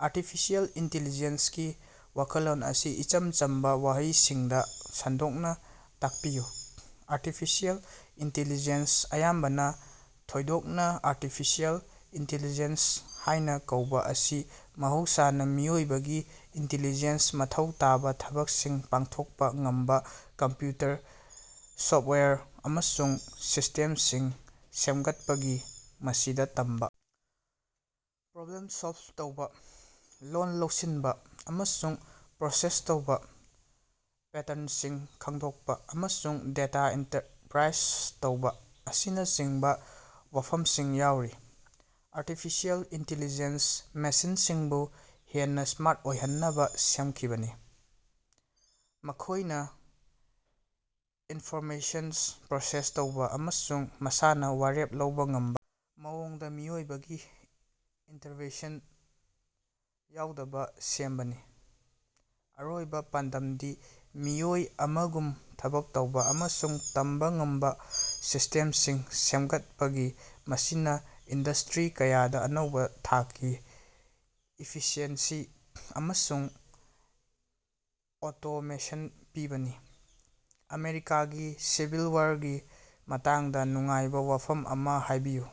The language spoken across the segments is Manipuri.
ꯑꯥꯔꯇꯤꯐꯤꯁꯤꯑꯦꯜ ꯏꯟꯇꯦꯂꯤꯖꯦꯟꯁꯀꯤ ꯋꯥꯈꯜꯂꯣꯟ ꯑꯁꯤ ꯏꯆꯝ ꯆꯝꯕꯥ ꯋꯥꯍꯩꯁꯤꯡꯗꯥ ꯁꯟꯗꯣꯛꯅꯥ ꯇꯥꯛꯄꯤꯌꯨ꯫ ꯑꯥꯔꯇꯤꯐꯤꯁꯤꯑꯦꯜ ꯏꯟꯇꯦꯂꯤꯖꯦꯟꯁ, ꯑꯌꯥꯝꯕꯅꯥ ꯊꯣꯏꯗꯣꯛꯅꯥ ꯑꯥꯔꯇꯤꯐꯤꯁꯤꯑꯦꯜ ꯏꯟꯇꯦꯂꯤꯖꯦꯟꯁ ꯍꯥꯏꯅꯥ ꯀꯧꯕꯥ ꯑꯁꯤ ꯃꯍꯧꯁꯥꯅꯥ ꯃꯤꯑꯣꯏꯕꯒꯤ ꯏꯟꯇꯦꯂꯤꯖꯦꯟꯁ ꯃꯊꯧ ꯇꯥꯕꯥ ꯊꯕꯛꯁꯤꯡ ꯄꯥꯡꯊꯣꯛꯄꯥ ꯉꯝꯕꯥ ꯀꯝꯄ꯭ꯌꯨꯇꯔ ꯁꯣꯞꯋꯦꯌꯔ ꯑꯃꯁꯨꯡ ꯁꯤꯁꯇꯦꯝꯁꯤꯡ ꯁꯦꯝꯒꯠꯄꯅꯤ꯫ ꯃꯁꯤꯗꯥ ꯇꯝꯕꯥ, ꯄ꯭ꯔꯣꯕ꯭ꯂꯦꯝ ꯁꯣꯜꯕ ꯇꯧꯕꯥ, ꯂꯣꯜ ꯂꯧꯁꯤꯟꯕꯥ ꯑꯃꯁꯨꯡ ꯄ꯭ꯔꯣꯁꯦꯁ ꯇꯧꯕꯥ, ꯄꯦꯇ꯭ꯔꯟꯁꯤꯡ ꯈꯪꯗꯣꯛꯄꯥ, ꯑꯃꯁꯨꯡ ꯗꯦꯇꯥ ꯏꯟꯇꯔꯄ꯭ꯔꯥꯏꯖ ꯇꯧꯕꯥ ꯑꯁꯤꯅꯆꯤꯡꯕꯥ ꯋꯥꯐꯝꯁꯤꯡ ꯌꯥꯎꯔꯤ꯫ ꯑꯥꯔꯇꯤꯐꯤꯁꯤꯑꯦꯜ ꯏꯟꯇꯦꯂꯤꯖꯦꯟꯁꯅꯥ ꯃꯦꯁꯤꯟꯁꯤꯡꯕꯨ ꯍꯦꯟꯅꯥ ꯁ꯭ꯃꯥꯔꯠ ꯑꯣꯏꯍꯟꯅꯕꯥ ꯁꯦꯝꯈꯤꯕꯅꯤ, ꯃꯈꯣꯏꯅꯥ ꯏꯟꯐꯣꯔꯃꯦꯁꯟ ꯄ꯭ꯔꯣꯁꯦꯁ ꯇꯧꯕꯥ ꯑꯃꯁꯨꯡ ꯃꯁꯥꯅꯥ ꯋꯥꯔꯦꯞ ꯂꯧꯕꯥ ꯉꯝꯕꯥ ꯃꯑꯣꯡꯗꯥ, ꯃꯤꯑꯣꯏꯕꯒꯤ ꯏꯟꯇꯔꯚꯦꯟꯁꯟ ꯌꯥꯎꯗꯕ ꯁꯦꯝꯕꯅꯤ꯫ ꯑꯔꯣꯏꯕꯥ ꯄꯥꯟꯗꯝꯗꯤ ꯃꯤꯑꯣꯏ ꯑꯃꯒꯨꯝ ꯊꯕꯛ ꯇꯧꯕꯥ ꯑꯃꯁꯨꯡ ꯇꯝꯕꯥ ꯉꯝꯕꯥ ꯁꯤꯁꯇꯦꯝꯁꯤꯡ ꯁꯦꯝꯒꯠꯄꯒꯤ, ꯃꯁꯤꯅꯥ ꯏꯟꯗꯁꯇ꯭ꯔꯤ ꯀꯌꯥꯗꯥ ꯑꯅꯧꯕꯥ ꯊꯥꯛꯀꯤ ꯏꯐꯤꯁꯤꯑꯦꯟꯁꯤ ꯑꯃꯁꯨꯡ ꯑꯣꯇꯣꯃꯦꯁꯟ ꯄꯤꯕꯅꯤ꯫ ꯑꯃꯦꯔꯤꯀꯥꯒꯤ ꯁꯤꯚꯤꯜ ꯋꯥꯔꯒꯤ ꯃꯇꯥꯡꯗꯥ ꯅꯨꯡꯉꯥꯏꯕꯥ ꯋꯥꯐꯝ ꯑꯃꯥ ꯍꯥꯏꯕꯤꯌꯨ꯫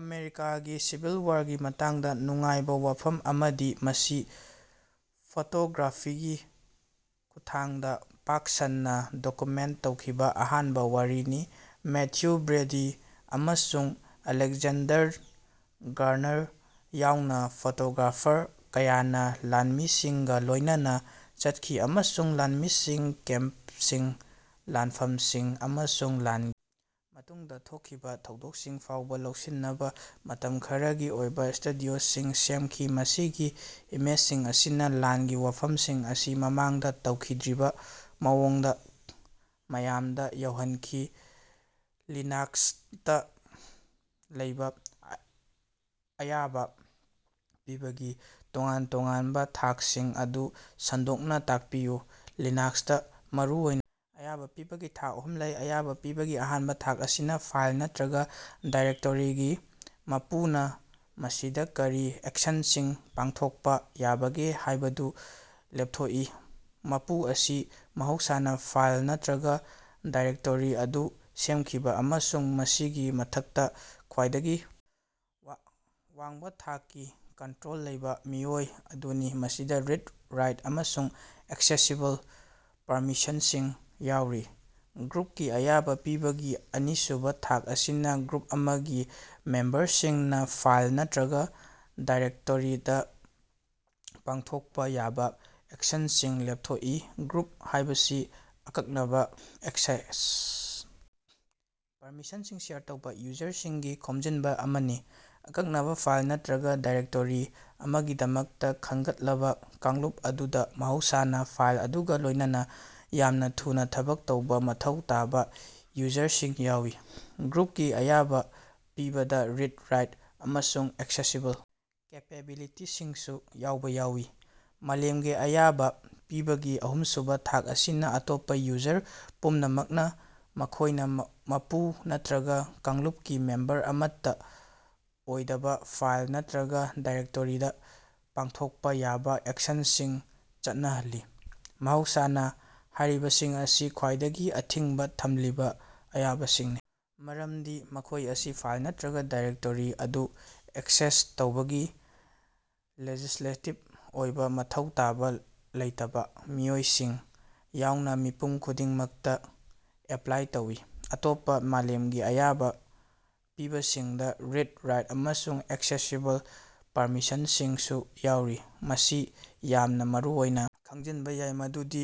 ꯑꯃꯦꯔꯤꯀꯥꯒꯤ ꯁꯤꯚꯤꯜ ꯋꯥꯔꯒꯤ ꯃꯇꯥꯡꯗꯥ ꯅꯨꯡꯉꯥꯏꯕꯥ ꯋꯥꯐꯝ ꯑꯃꯗꯤ ꯃꯁꯤ ꯐꯣꯇꯣꯒ꯭ꯔꯥꯐꯤꯒꯤ ꯈꯨꯠꯊꯥꯡꯗꯥ ꯄꯥꯛ ꯁꯟꯅꯥ ꯗꯣꯀꯨꯃꯦꯟ ꯇꯧꯈꯤꯕꯥ ꯑꯍꯥꯟꯕꯥ ꯋꯥꯔꯅꯤ꯫ ꯃꯦꯊ꯭ꯌꯨ ꯕ꯭ꯔꯦꯗꯤ ꯑꯃꯁꯨꯡ ꯑꯂꯦꯛꯖꯦꯟꯗꯔ ꯒꯥꯔꯅꯔ ꯌꯥꯎꯅꯥ ꯐꯣꯇꯣꯒ꯭ꯔꯥꯐꯔ ꯀꯌꯥꯅꯥ ꯂꯥꯟꯃꯤꯁꯤꯡꯒꯥ ꯂꯣꯏꯅꯅꯥ ꯆꯠꯈꯤ ꯑꯃꯁꯨꯡ ꯂꯥꯟꯃꯤꯁꯤꯡ, ꯀꯦꯝꯄꯁꯤꯡ, ꯂꯥꯟꯐꯝꯁꯤꯡ ꯑꯃꯁꯨꯡ ꯂꯥꯟꯒꯤ ꯃꯇꯨꯡꯗꯥ ꯊꯣꯛꯈꯤꯕꯥ ꯊꯧꯗꯣꯛꯁꯤꯡ ꯐꯥꯎꯕꯥ ꯂꯧꯁꯤꯟꯅꯕꯥ ꯃꯇꯝ ꯈꯔꯒꯤ ꯑꯣꯏꯕꯥ ꯁ꯭ꯇꯨꯗꯤꯑꯣꯁꯤꯡ ꯁꯦꯝꯈꯤ꯫ ꯃꯁꯤꯒꯤ ꯏꯃꯦꯖꯁꯤꯡ ꯑꯁꯤꯅꯥ ꯂꯥꯟꯒꯤ ꯋꯥꯐꯝꯁꯤꯡ ꯑꯁꯤ ꯃꯃꯥꯡꯗꯥ ꯇꯧꯈꯤꯗ꯭ꯔꯤꯕꯥ ꯃꯑꯣꯡꯗꯥ ꯃꯤꯌꯥꯝꯗꯥ ꯌꯧꯍꯟꯈꯤ꯫ ꯂꯤꯅꯥꯛꯁꯇꯥ ꯂꯩꯕꯥ ꯑꯌꯥꯕꯥ ꯄꯤꯕꯒꯤ ꯇꯣꯉꯥꯟ-ꯇꯣꯉꯥꯟꯕꯥ ꯊꯥꯛꯁꯤꯡ ꯑꯗꯨ ꯁꯟꯗꯣꯛꯅꯥ ꯇꯥꯛꯄꯤꯌꯨ꯫ ꯂꯤꯅꯥꯛꯁꯇꯥ, ꯃꯔꯨ ꯑꯣꯏꯅꯥ ꯑꯌꯥꯕꯥ ꯄꯤꯕꯒꯤ ꯊꯥꯛ ꯑꯍꯨꯝ ꯂꯩ: ꯑꯌꯥꯕ ꯄꯤꯕꯒꯤ ꯑꯍꯥꯟꯕꯥ ꯊꯥꯛ ꯑꯁꯤꯅꯥ ꯐꯥꯏꯜ ꯅꯠꯇ꯭ꯔꯒꯥ ꯗꯥꯏꯔꯦꯛꯇꯣꯔꯤꯒꯤ ꯃꯄꯨꯅꯥ ꯃꯁꯤꯗꯥ ꯀꯔꯤ ꯑꯦꯛꯁꯟꯁꯤꯡ ꯄꯥꯡꯊꯣꯛꯄꯥ ꯌꯥꯕꯒꯦ ꯍꯥꯏꯕꯗꯨ ꯂꯦꯞꯊꯣꯛꯏ꯫ ꯃꯄꯨ ꯑꯁꯤ ꯃꯍꯧꯁꯥꯅ ꯐꯥꯏꯜ ꯅꯠꯇ꯭ꯔꯒꯥ ꯗꯥꯏꯔꯦꯛꯇꯣꯔꯤ ꯑꯗꯨ ꯁꯦꯝꯈꯤꯕꯥ ꯑꯃꯁꯨꯡ ꯃꯁꯤꯒꯤ ꯃꯊꯛꯇꯥ ꯈ꯭ꯋꯥꯏꯗꯒꯤ ꯋꯥꯡꯕꯥ ꯊꯥꯛꯀꯤ ꯀꯟꯇ꯭ꯔꯣꯜ ꯂꯩꯕꯥ ꯃꯤꯑꯣꯏ ꯑꯗꯨꯅꯤ, ꯃꯁꯤꯗꯥ ꯔꯤꯗ, ꯔꯥꯏꯠ ꯑꯃꯁꯨꯡ ꯑꯦꯛꯁꯦꯁꯤꯕꯜ ꯄꯔꯃꯤꯁꯟꯁꯤꯡ ꯌꯥꯎꯔꯤ꯫ ꯒ꯭ꯔꯨꯞꯀꯤ ꯑꯌꯥꯕꯥ ꯄꯤꯕꯒꯤ ꯑꯅꯤꯁꯨꯕꯥ ꯊꯥꯛ ꯑꯁꯤꯅꯥ ꯒ꯭ꯔꯨꯞ ꯑꯃꯒꯤ ꯃꯦꯝꯕꯔꯁꯤꯡꯅꯥ ꯐꯥꯏꯜ ꯅꯠꯇ꯭ꯔꯒꯥ ꯗꯥꯏꯔꯦꯛꯇꯣꯔꯤꯗꯥ ꯄꯥꯡꯊꯣꯛꯄꯥ ꯌꯥꯕꯥ ꯑꯦꯛꯁꯟꯁꯤꯡ ꯂꯦꯞꯊꯣꯛꯏ꯫ ꯒ꯭ꯔꯨꯞ ꯍꯥꯏꯕꯁꯤ ꯑꯀꯛꯅꯕꯥ ꯑꯦꯛꯁꯦꯁ ꯄꯔꯃꯤꯁꯟꯁꯤꯡ ꯁꯦꯌꯔ ꯇꯧꯕꯥ ꯌꯨꯖꯔꯁꯤꯡꯒꯤ ꯈꯣꯝꯖꯤꯟꯕꯥ ꯑꯃꯅꯤ꯫ ꯑꯀꯛꯅꯕꯥ ꯐꯥꯏꯜ ꯅꯠꯇ꯭ꯔꯒꯥ ꯗꯥꯏꯔꯦꯛꯇꯣꯔꯤ ꯑꯃꯒꯤꯗꯃꯛꯇꯥ ꯈꯟꯒꯠꯂꯕꯥ ꯀꯥꯡꯂꯨꯞ ꯑꯗꯨꯗꯥ ꯃꯍꯧꯁꯥꯅꯥ ꯐꯥꯏꯜ ꯑꯗꯨꯒꯥ ꯂꯣꯏꯅꯅꯥ ꯌꯥꯝꯅꯥ ꯊꯨꯅꯥ ꯊꯕꯛ ꯇꯧꯕꯥ ꯃꯊꯧ ꯇꯥꯕꯥ ꯌꯨꯖꯔꯁꯤꯡ ꯌꯥꯎꯏ꯫ ꯒ꯭ꯔꯨꯞꯀꯤ ꯑꯌꯥꯕꯥ ꯄꯤꯕꯗꯥ ꯔꯤꯗ, ꯔꯥꯏꯠ ꯑꯃꯁꯨꯡ ꯑꯦꯛꯁꯦꯁꯤꯕꯜ ꯀꯦꯄꯦꯕꯤꯂꯤꯇꯤꯁꯤꯡꯁꯨ ꯌꯥꯎꯕꯥ ꯌꯥꯎꯏ꯫ ꯃꯥꯂꯦꯝꯒꯤ ꯑꯌꯥꯕꯥ ꯄꯤꯕꯒꯤ ꯑꯍꯨꯝꯁꯨꯕꯥ ꯊꯥꯛ ꯑꯁꯤꯅꯥ ꯑꯇꯣꯞꯄꯥ ꯌꯨꯖꯔ ꯄꯨꯝꯅꯃꯛꯅꯥ, ꯃꯈꯣꯏꯒꯤ ꯃꯄꯨ ꯅꯠꯇ꯭ꯔꯒꯥ ꯀꯥꯡꯂꯨꯞꯀꯤ ꯃꯦꯝꯕꯔ ꯑꯃꯠꯇꯥ ꯑꯣꯏꯗꯕꯥ, ꯐꯥꯏꯜ ꯅꯠꯇ꯭ꯔꯒꯥ ꯗꯥꯏꯔꯦꯛꯇꯣꯔꯤꯗꯥ ꯄꯥꯡꯊꯣꯛꯄꯥ ꯌꯥꯕꯥ ꯑꯦꯛꯁꯟꯁꯤꯡ ꯆꯠꯅꯍꯜꯂꯤ꯫ ꯃꯍꯧꯁꯥꯅꯥ ꯍꯥꯏꯔꯤꯕꯁꯤꯡ ꯑꯁꯤ ꯈ꯭ꯋꯥꯏꯗꯒꯤ ꯑꯊꯤꯡꯕꯥ ꯊꯝꯂꯤꯕꯥ ꯑꯌꯥꯕꯁꯤꯡꯅꯤ, ꯃꯔꯝꯗꯤ ꯃꯈꯣꯏ ꯑꯁꯤ ꯐꯥꯏꯜ ꯅꯠꯇ꯭ꯔꯒꯥ ꯗꯥꯏꯔꯦꯛꯇꯣꯔꯤ ꯑꯗꯨ ꯑꯦꯛꯁꯦꯁ ꯇꯧꯕꯒꯤ ꯂꯦꯖꯤꯁꯂꯦꯇꯤꯞ ꯑꯣꯏꯕꯥ ꯃꯊꯧ ꯇꯥꯕꯥ ꯂꯩꯇꯕꯥ ꯃꯤꯑꯣꯏꯁꯤꯡ ꯌꯥꯎꯅꯥ ꯃꯤꯄꯨꯝ ꯈꯨꯗꯤꯡꯃꯛꯇꯥ ꯑꯦꯄ꯭ꯂꯥꯏ ꯇꯧꯏ꯫ ꯑꯇꯣꯞꯄꯥ ꯃꯥꯂꯦꯝꯒꯤ ꯑꯌꯥꯕꯥ ꯄꯤꯕꯁꯤꯡꯗꯥ ꯔꯤꯗ, ꯔꯥꯏꯠ ꯑꯃꯁꯨꯡ ꯑꯦꯛꯁꯦꯁꯤꯕꯜ ꯄꯔꯃꯤꯁꯟꯁꯤꯡꯁꯨ ꯌꯥꯎꯔꯤ꯫ ꯃꯁꯤ ꯌꯥꯝꯅꯥ ꯃꯔꯨꯑꯣꯏꯅꯥ ꯈꯪꯖꯤꯟꯕꯥ ꯌꯥꯏ ꯃꯗꯨꯗꯤ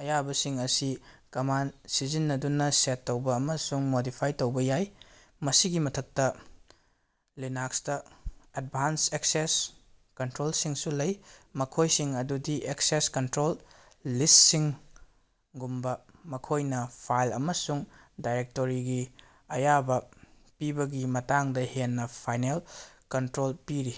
ꯑꯌꯥꯕꯁꯤꯡ ꯑꯁꯤ ꯀꯃꯥꯟ ꯁꯤꯖꯤꯟꯅꯗꯨꯅꯥ ꯁꯦꯠ ꯇꯧꯕꯥ ꯑꯃꯁꯨꯡ ꯃꯣꯗꯤꯐꯥꯏ ꯇꯧꯕꯥ ꯌꯥꯏ꯫ ꯃꯁꯤꯒꯤ ꯃꯊꯛꯇꯥ, ꯂꯤꯅꯥꯛꯁꯇꯥ ꯑꯦꯠꯚꯥꯟꯁ ꯑꯦꯛꯁꯦꯁ ꯀꯟꯇ꯭ꯔꯣꯜꯁꯤꯡꯁꯨ ꯂꯩ, ꯃꯈꯣꯏꯁꯤꯡ ꯑꯗꯨꯗꯤ ꯑꯦꯛꯁꯦꯁ ꯀꯟꯇ꯭ꯔꯣꯜ ꯂꯤꯁꯁꯤꯡ ꯒꯨꯝꯕꯥ, ꯃꯈꯣꯏꯅꯥ ꯐꯥꯏꯜ ꯑꯃꯁꯨꯡ ꯗꯥꯏꯔꯦꯛꯇꯣꯔꯤꯒꯤ ꯑꯌꯥꯕꯥ ꯄꯤꯕꯒꯤ ꯃꯇꯥꯡꯗꯥ ꯍꯦꯟꯅꯥ ꯐꯥꯏꯅꯦꯜ ꯀꯟꯇ꯭ꯔꯣꯜ ꯄꯤꯔꯤ꯫